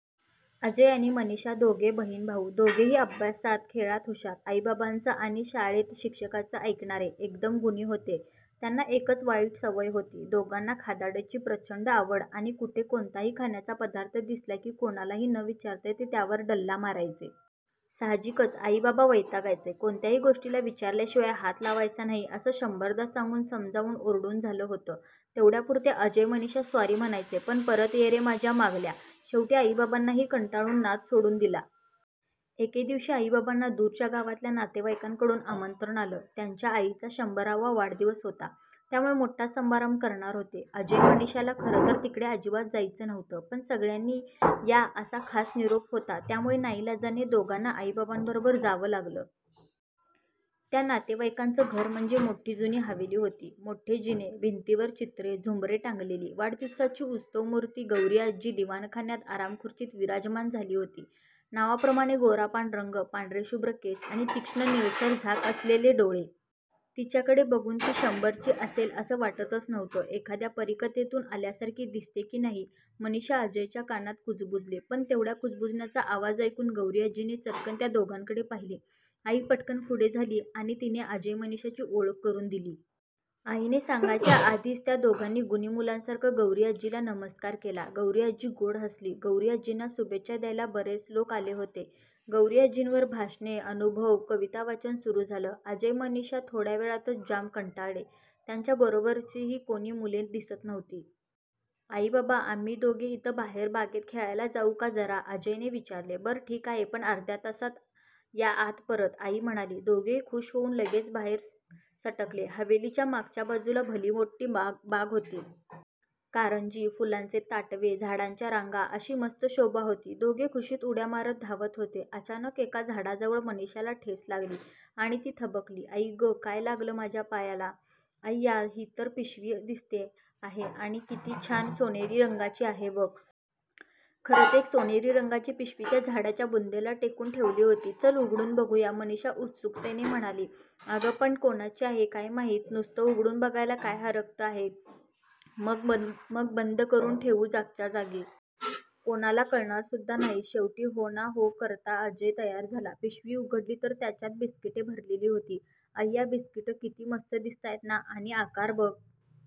अजय आणि मनीषा दोघे बहीण भाऊ. दोघेही अभ्यासात, खेळात हुषार. आईबाबांचं आणि शाळेत शिक्षकांचं ऐकणारे, एकदम गुणी होते. त्यांना एकच वाईट सवय होती. दोघांना खादाडीची प्रचंड आवड आणि कुठे कोणताही खाण्याचा पदार्थ दिसला की कोणालाही न विचारता ते त्यावर डल्ला मारायचे. साहजिकच आई बाबा वैतागायचे. कोणत्याही गोष्टीला विचारल्याशिवाय हात लावायचा नाही असं शंभरदा सांगून, समजावून, ओरडून झालं होतं. तेवढ्यापुरते अजय मनीषा सॉरी म्हणायचे पण परत ये रे माझ्या मागल्या! शेवटी आईबाबांनीही कंटाळून नाद सोडून दिला. एके दिवशी आई बाबांना दूरच्या गावातल्या नातेवाईकांकडून आमंत्रण आलं. त्यांच्या आईचा शंभरावा वाढदिवस होता त्यामुळे मोठा समारंभ करणार होते. अजय, मनीषाला खरं तर तिकडे अजिबात जायचं नव्हतं पण सगळ्यांनी या असा खास निरोप होता त्यामुळे नाईलाजाने दोघांना आई बाबांबरोबर जावं लागलं. त्या नातेवाईकांचं घर म्हणजे मोठी जुनी हवेली होती. मोठे जिने, भिंतीवर चित्रे, झुंबरे टांगलेली. वाढदिवसाची उत्सवमूर्ती गौरीआजी दिवाणखान्यात आरामखुर्चीत विराजमान झाली होती. नावाप्रमाणे गोरापान रंग, पांढरेशुभ्र केस आणि तीक्ष्ण निळसर झाक असलेले डोळे. तिच्याकडे बघून ती शंभरीची असेल असं वाटतंच नव्हतं. "एखाद्या परीकथेतून आल्यासारखी दिसते की नाही? " मनीषा अजयच्या कानात कुजबुजली. पण तेवढ्या कुजबुजण्याचा आवाज ऐकून गौरीआजीने चटकन त्या दोघांकडे पाहिलं. आई पटकन पुढे झाली आणि तिने अजय मनीषाची ओळख करून दिली. आईने सांगायच्या आधीच त्या दोघांनी गुणी मुलांसारखा गौरीआजीला नमस्कार केला. गौरीआजी गोड हसली. गौरीआजींना शुभेच्छा द्यायला बरेच लोक आले होते. गौरीआजींवर भाषणे, अनुभव, कवितावाचन सुरु झालं. अजय मनीषा थोड्या वेळातच जाम कंटाळले. त्यांच्या बरोबरचीही कोणी मुले दिसत नव्हती. 'आई बाबा, आम्ही दोघे इथे बाहेर बागेत खेळायला जाऊ का जरा? ' अजयने विचारले. 'बरं ठीक आहे पण अर्ध्या तासात या आत परत. ' आई म्हणाली. दोघेही खूष होऊन लगेच बाहेर सटकले. हवेलीच्या मागच्या बाजूला भली मोठी बाग होती. कारंजी, फुलांचे ताटवे, झाडांच्या रांगा अशी मस्त शोभा होती. दोघे खुषीत उड्या मारत धावत होते. अचानक एका झाडाजवळ मनीषाला ठेच लागली आणि ती थबकली. आई गं, काय लागलं पायाला माझ्या. अय्या ही तर पिशवी दिसते आहे आणि किती छान सोनेरी रंगाची आहे बघ! "खरंच एक सोनेरी रंगाची पिशवी त्या झाडाच्या बुंध्याला टेकून ठेवली होती. चल उघडून बघू या" मनीषा उत्सुकतेने म्हणाली. 'अगं पण कोणाची आहे काय माहीत? 'नुसतं उघडून बघायला काय हरकत आहे? मग बंद करून ठेवू जागच्या जागी. कोणाला कळणार सुद्धा नाही! शेवटी हो ना करता अजय तयार झाला. पिशवी उघडली तर त्याच्यात बिस्किटे भरलेली होती.अय्या बिस्किटं! किती मस्त दिसतायत ना. आणि आकार बघ.